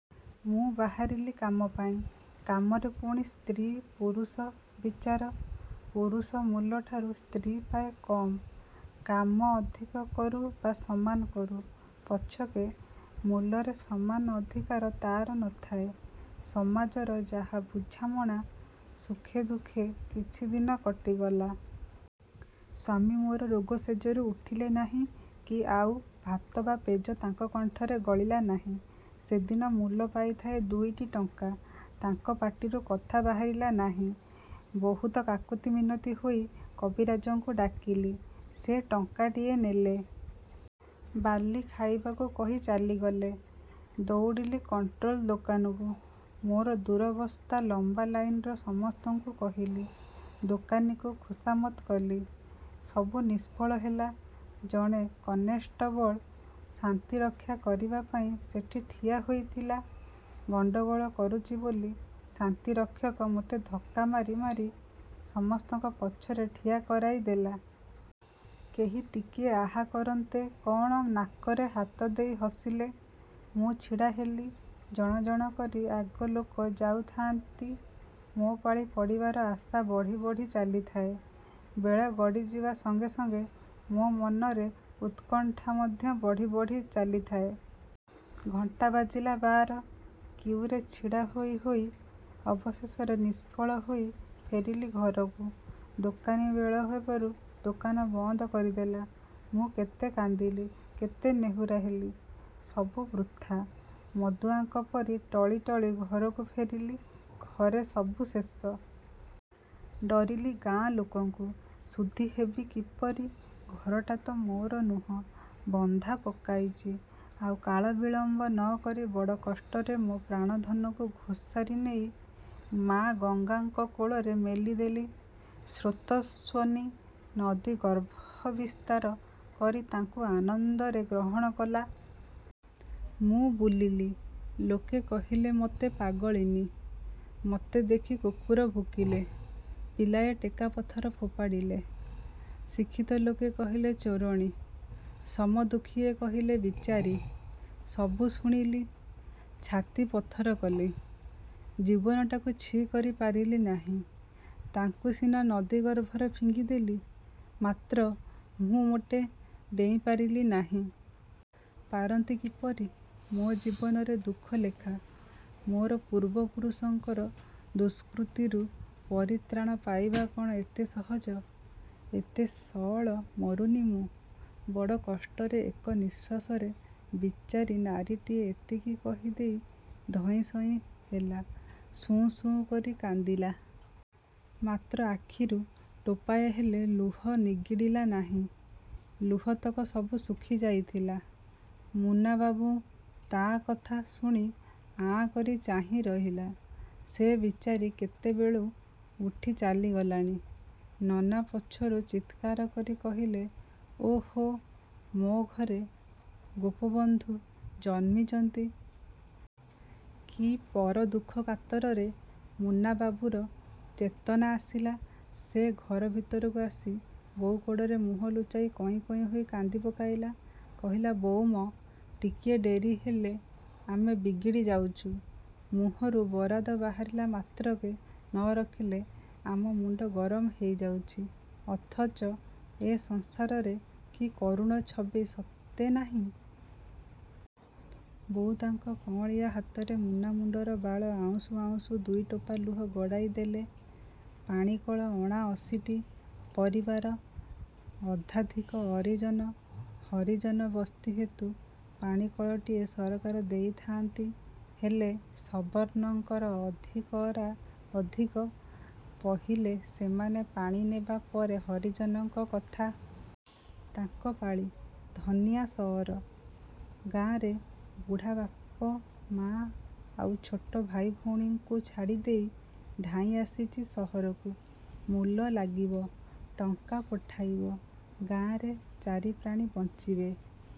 ମୁଁ ବାହାରିଲି କାମ ପାଇଁ। କାମରେ ପୁଣୀ 'ସ୍ତ୍ରୀ' 'ପୁରୁଷ' ବିଚାର-। ପୁରୁଷ ମୂଲଠାରୁ ସ୍ତ୍ରୀ ପାଏ କମ୍। କାମ ଅଧିକ କରୁ ବା ସମାନ କରୁ ପଛକେ ମୂଲରେ ସମାନ ଅଧିକାର ତାର ନ ଥାଏ। ସମାଜର ଯାହା ବୁଝାମଣା! ସୁଖେ ଦୁଃଖେ କିଛି ଦିନ କଟିଗଲା। ସ୍ୱାମୀ ମୋର ରୋଗ ଶେଯରୁ ଉଠିଲେ ନାହିଁ କି ଆଉ ଭାତ ବା ପେଜ ତାଙ୍କ କଣ୍ଠରେ ଗଳିଲା ନାହିଁ। ସେଦିନ ମୂଲ ପାଇଥାଏ ଦୁଇଟି ଟଙ୍କା। ତାଙ୍କ ପାଟିରୁ କଥା ବାହାରିଲା ନାହିଁ। ବହୁତ କାକୁତି ମିନତି ହୋଇ କବିରାଜଙ୍କୁ ଡ଼ାକିଲି। ସେ ଟଙ୍କାଟିଏ ନେଲେ। ବାଲି ଖାଇବାକୁ କହି ଚାଲିଗଲେ। ଦଉଡ଼ିଲି କଣ୍ଟ୍ରୋଲ ଦୋକାନକୁ। ମୋର ଦୂରବସ୍ଥା ଲମ୍ବା ଲାଇନର ସମସ୍ତଙ୍କୁ କହିଲି। ଦୋକାନୀକୁ ଖୁସାମତ୍ କଲି। ସବୁ ନିସ୍ଫଳ ହେଲା। ଜଣେ କନେଷ୍ଟବଳ ଶାନ୍ତି ରକ୍ଷା କରିବା ପାଇଁ ସେଠି ଠିଆ ହୋଇଥିଲା। ଗଣ୍ତଗୋଳ କରୁଚି ବୋଲି ଶାନ୍ତିରକ୍ଷକ ମତେ ଧକ୍କା ମାରି ମାରି ସମସ୍ତଙ୍କ ପଛରେ ଠିଆ କରାଇଦେଲା। କେହି ଟିକିଏ 'ଆହା' କରନ୍ତେ କଅଣ ନାକରେ ହାତଦେଇ ହସିଲେ। ମୁଁ ଛିଡ଼ା ହେଲି, ଜଣ ଜଣ କରି ଆଗ ଲୋକ ଯାଉ ଥାଆନ୍ତି। ମୋ ପାଳି ପଡ଼ିବାର ଆଶା ବଢ଼ି ବଢ଼ି ଚାଲିଥାଏ। ବେଳ ଗଡ଼ିଯିବା ସଙ୍ଗେ ସଙ୍ଗେ ମୋ ମନରେ ଉତ୍କଣ୍ଠା ମଧ୍ୟ ବଢ଼ି ବଢ଼ି ଚାଲିଥାଏ। ଘଣ୍ଟା ବାଜିଲା ବାର। କିଉରେ ଛିଡ଼ା ହୋଇ ହୋଇ ଅବଶେଷରେ ନିଷ୍ଫଳ ହୋଇ ଫେରିଲି ଘରକୁ। ଦୋକାନୀ ବେଳ ହେବାରୁ ଦୋକାନ ବନ୍ଦ କରିଦେଲା। ମୁଁ କେତେ କାନ୍ଦିଲି, କେତେ ନେହୁରା ହେଲି। ସବୁ ବୃଥା। ମଦୁଆଙ୍କ ପରି ଟଳି ଟଳି ଘରକୁ ଫେରିଲି। ଘରେ ସବୁ ଶେଷ। ଡରିଲି ଗାଁ ଲୋକଙ୍କୁ-। ଶୁଦ୍ଧି ହେବି କିପରି? ଘରଟା ତ ମୋର ନୁହଁ। ବନ୍ଧା ପକାଇଚି। ଆଉ କାଳ ବିଳମ୍ବ ନ କରି ବଡ଼ କଷ୍ଟରେ ମୋ ପ୍ରାଣ ଧନକୁ ଘୋସାରି ନେଇ ମା ଗଙ୍ଗାଙ୍କ କୋଳରେ ମେଲି ଦେଲି। ସ୍ରୋତସ୍ୱନୀ ନଦୀ ଗର୍ଭ ବିସ୍ତାର କରି ତାଙ୍କୁ ଆନନ୍ଦରେ ଗ୍ରହଣ କଲା। ମୁଁ ବୁଲିଲି। ଲୋକେ କହିଲେ ମତେ ପାଗଳିନୀ। ମତେ ଦେଖି କୁକୁର ଭୁକିଲେ। ପିଲାଏ ଟେକା ପଥର ଫୋପାଡ଼ିଲେ। ଶିକ୍ଷିତ ଲୋକେ କହିଲେ ଚୋରଣୀ। ସମଦୁଖୀଏ କହିଲେ 'ବିଚାରୀ'। ସବୁ ଶୁଣିଲି। ଛାତି ପଥର କଲି। ଜୀବନଟାକୁ ଛି କରି ପାରିଲି ନାହିଁ। ତାଙ୍କୁ ସିନା ନଦୀ ଗର୍ଭରେ ଫିଙ୍ଗିଦେଲି ମାତ୍ର ମୁଁ ମୋଟେ ଡେଇଁ ପାରିଲି ନାହିଁ। ପାରନ୍ତି କିପରି? ମୋ ଜୀବନରେ ଦୁଃଖ ଲେଖା। ମୋର ପୂର୍ବପୁରୁଷଙ୍କର ଦୁଷ୍କୃତିରୁ ପରିତ୍ରାଣ ପାଇବା କ'ଣ ଏତେ ସହଜ-? ଏତେ ସଅଳ ମରୁନି ମୁଁ। ବଡ଼ କଷ୍ଟରେ ଏକ ନିଶ୍ୱାସରେ ବିଚାରୀ ନାରୀଟି ଏତିକି କହି ଦେଇ ଧଇଁସଇଁ ହେଲା। ସୁଁ ସୁଁ କରି କାନ୍ଦିଲା। ମାତ୍ର ଆଖିରୁ ଟୋପାଏ ହେଲେ ଲୁହ ନିଗିଡ଼ିଲା ନାହିଁ। ଲୁହତକ ସବୁ ଶୁଖି ଯାଇଥିଲା। ମୁନାବାବୁ ତା କଥା ଶୁଣି ଆଁ କରି ଚାହିଁ ରହିଲା। ସେ ବିଚାରୀ କେତେବେଳୁ ଉଠି ଚାଲିଗଲାଣି। ନନା ପଛରୁ ଚିତ୍କାର କରି କହିଲେ—ଓହୋ, ମୋ ଘରେ ଗୋପବନ୍ଧୁ ଜନ୍ମିଚନ୍ତି। କି ପର ଦୁଃଖକାତର ରେ! ମୁନାବାବୁର ଚେତନା ଆସିଲା। ସେ ଘର ଭିତରକୁ ଆସି ବୋଉ କୋଡ଼ରେ ମୁହଁ ଲୁଚାଇ କଇଁ କଇଁ ହୋଇ କାନ୍ଦିପକାଇଲା। କହିଲା—ବୋଉ ମ! ଟିକିଏ ଡେରି ହେଲେ ଆମେ ବିଗିଡ଼ି ଯାଉଚୁ। ମୁହଁରୁ ବରାଦ ବାହାରିଲା ମାତ୍ରକେ ନ ରଖିଲେ ଆମ ମୁଣ୍ତ ଗରମ ହେଇଯାଉଚି; ଅଥଚ ଏ ସଂସାରରେ କି କରୁଣ ଛବି ସତେ ନାହିଁ! ବୋଉ ତାଙ୍କ କଅଁଳିଆ ହାତରେ ମୁନା ମୁଣ୍ତର ବାଳ ଆଉଁସୁ ଆଉଁସୁ ଦୁଇ ଟୋପା ଲୁହ ଗଡ଼ାଇଦେଲେ। ପାଣିକଳ ଅଣାଅଶିଟି। ପରିବାର। ଅର୍ଦ୍ଧାଧିକ ହରିଜନ। ହରିଜନ ବସ୍ତି ହେତୁ ପାଣି କଳଟିଏ ସରକାର ଦେଇଥାଆନ୍ତି। ହେଲେ ସବର୍ଣ୍ଣଙ୍କର ଅଧିକରା ଅଧିକ। ପହିଲେ ସେମାନେ ପାଣି ନେବା ପରେ ହରିଜନଙ୍କ କଥା। ତାଙ୍କ ପାଳି। ଧନିଆ ସଅର। ଗାଁରେ ବୁଢ଼ା ବାପ, ମା ଆଉ ଛୋଟ ଭାଇ ଭଉଣୀଙ୍କୁ ଛାଡ଼ିଦେଇ ଧାଇଁ ଆସିଚି ସହରକୁ। ମୂଲ ଲାଗିବ। ଟଙ୍କା ପଠାଇବ। ଗାଁରେ ଚାରି ପ୍ରାଣୀ ବଞ୍ଚିବେ।